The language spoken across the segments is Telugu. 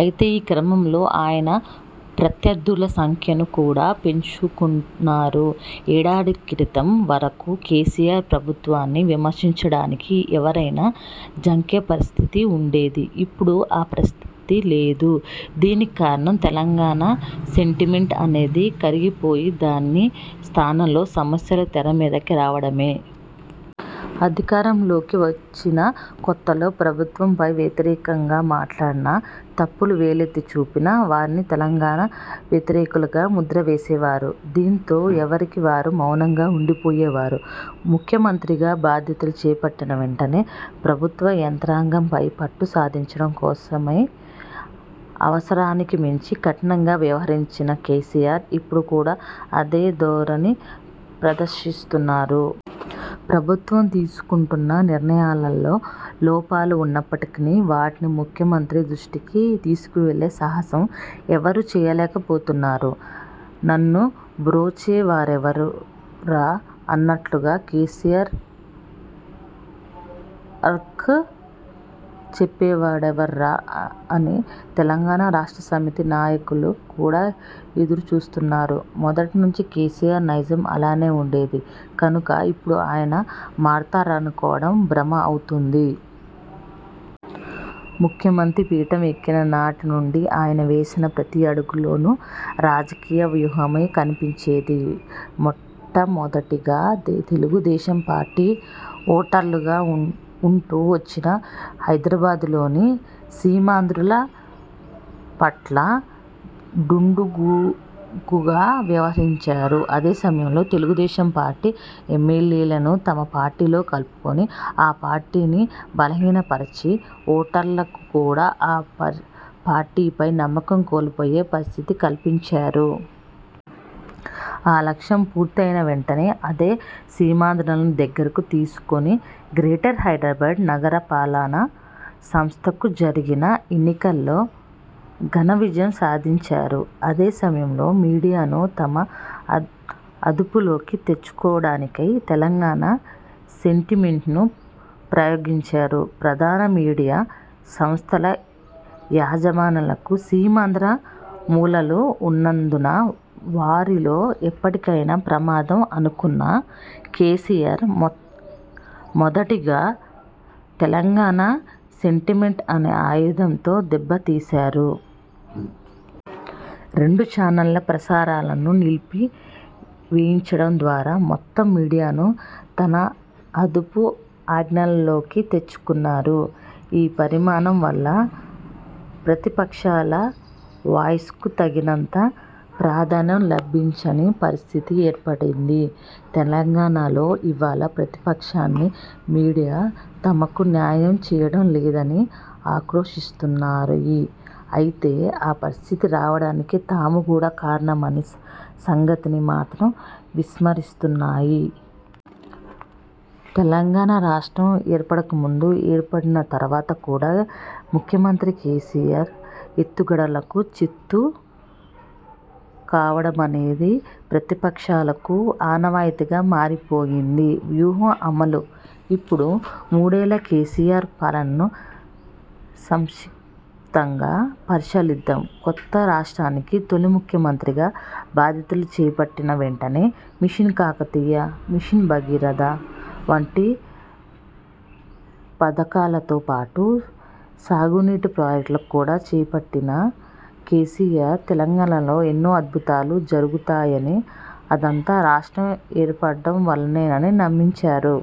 అయితే ఈ క్రమంలో ఆయన ప్రత్యర్థుల సంఖ్యను కూడా పెంచుకున్నారు. ఏడాది క్రితం వరకు కేసీఆర్ ప్రభుత్వాన్ని విమర్శించడానికి ఎవరైనా జంకే పరిస్థితి ఉండేది. ఇప్పుడు ఆ పరిస్థితి లేదు. దీనికి కారణం తెలంగాణ సెంటిమెంట్ అనేది కరిగిపోయి దాని స్థానంలో సమస్యలు తెర మీదకు రావడమే! అధికారంలోకి వచ్చిన కొత్తలో ప్రభుత్వంపై వ్యతిరేకంగా మాట్లాడినా, తప్పులు వేలెత్తి చూపినా వారిని తెలంగాణ వ్యతిరేకులుగా ముద్ర వేసేవారు. దీంతో ఎవరికివారు మౌనంగా ఉండిపోయేవారు. ముఖ్యమంత్రిగా బాధ్యతలు చేపట్టిన వెంటనే ప్రభుత్వ యంత్రాంగంపై పట్టు సాధించడం కోసమై అవసరానికి మించి కఠినంగా వ్యవహరించిన కేసీఆర్, ఇప్పుడు కూడా అదే ధోరణి ప్రదర్శిస్తున్నారు. ప్రభుత్వం తీసుకుంటున్న నిర్ణయాలలో లోపాలు ఉన్నప్పటికీ వాటిని ముఖ్యమంత్రి దృష్టికి తీసుకువెళ్లే సాహసం ఎవరూ చేయలేకపోతున్నారు. నను బ్రోచేవారెవరురా! అన్నట్టుగా 'కేసీఆర్కు చెప్పేవారెవరురా' అని తెలంగాణ రాష్ట్ర సమితి నాయకులు కూడా ఎదురుచూస్తున్నారు. మొదటి నుంచీ కేసీఆర్ నైజం అలాగే ఉండేది కనుక ఇప్పుడు ఆయన మారతారనుకోవడం భ్రమే అవుతుంది. ముఖ్యమంత్రి పీఠం ఎక్కిన నాటి నుంచి ఆయన వేసిన ప్రతి అడుగులోనూ రాజకీయ వ్యూహమే కనిపించేది. మొట్టమొదటిగా తెలుగుదేశం పార్టీ ఓటర్లుగా ఉంటూ వచ్చిన హైదరాబాద్లోని సీమాంధ్రుల పట్ల దుందుడుకుగా వ్యవహరించారు. అదే సమయంలో తెలుగుదేశం పార్టీ ఎమ్మెల్యేలను తన పార్టీలో కలుపుకొని ఆ పార్టీని బలహీనపరచి, ఓటర్లకు కూడా ఆ పార్టీపై నమ్మకం కోల్పోయే పరిస్థితి కల్పించారు. ఆ లక్ష్యం పూర్తి అయిన వెంటనే అదే సీమాంధ్రులను దగ్గరకు తీసుకొని గ్రేటర్ హైదరాబాద్ నగర పాలక సంస్థకు జరిగిన ఎన్నికలలో ఘన విజయం సాధించారు. అదే సమయంలో మీడియాను తన అదుపులోకి తెచ్చుకోవడానికై తెలంగాణ సెంటిమెంట్ను ప్రయోగించారు. ప్రధాన మీడియా సంస్థల యాజమాన్యాలకు సీమాంధ్ర మూలాలు ఉన్నందున వారితో ఎప్పటికైనా ప్రమాదం అనుకున్న కేసీఆర్, మొదటగా తెలంగాణ సెంటిమెంట్ అనే ఆయుధంతో దెబ్బ తీశారు. రెండు చానెళ్ల ప్రసారాలను నిలిపివేయించడం ద్వారా మొత్తం మీడియాను తన అదుపు ఆజ్ఞలలోకి తెచ్చుకున్నారు. ఈ పరిణామం వల్ల ప్రతిపక్షాల వాయిస్కు తగినంత ప్రాధాన్యం లభించని పరిస్థితి ఏర్పడింది. తెలంగాణలో ఇవాళ ప్రతిపక్షాలన్నీ మీడియా తమకు న్యాయం చేయడం లేదని ఆక్రోశిస్తున్నాయి. అయితే ఆ పరిస్థితి రావడానికి తాము కూడా కారణమన్న సంగతిని మాత్రం విస్మరిస్తున్నాయి. తెలంగాణ రాష్ట్రం ఏర్పడక ముందు, ఏర్పడిన తర్వాత కూడా ముఖ్యమంత్రి కేసీఆర్ ఎత్తుగడలకు చిత్తు కావడమనేది ప్రతిపక్షాలకు ఆనవాయితీగా మారిపోయింది. వ్యూహం అమలు! ఇప్పుడు మూడేళ్ల కేసీఆర్ పాలనను సంక్షిప్తంగా పరిశీలిద్దాం. కొత్త రాష్ర్టానికి తొలి ముఖ్యమంత్రిగా బాధ్యతలు చేపట్టిన వెంటనే మిషన్ కాకతీయ, మిషన్ భగీరథ వంటి పథకాలతోపాటు సాగునీటి ప్రాజెక్టులు కూడా చేపట్టిన కేసీఆర్ తెలంగాణలో ఎన్నో అద్భుతాలు జరుగుతాయనీ, అదంతా రాష్ట్రం ఏర్పడటం వల్లనేనని నమ్మించారు.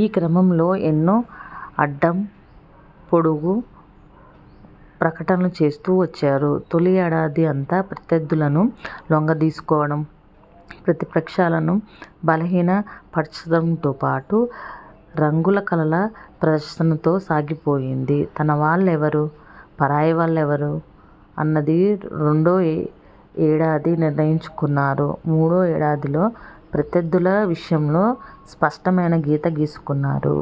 ఈ క్రమంలో ఎన్నో అడ్డం-పొడవు ప్రకటనలు చేస్తూ వచ్చారు. తొలి ఏడాది అంతా ప్రత్యర్థులను లొంగదీసుకోవడం, ప్రతిపక్షాలను బలహీనపర్చడంతో పాటు రంగుల కలల ప్రదర్శనలతో సాగిపోయింది. తనవాళ్లు ఎవరు? పరాయివాళ్లు ఎవరు? అన్నది రెండో ఏడాది నిర్ణయించుకున్నారు. మూడో ఏడాదిలో ప్రత్యర్థుల విషయంలో స్పష్టమైన గీత గీసుకున్నారు.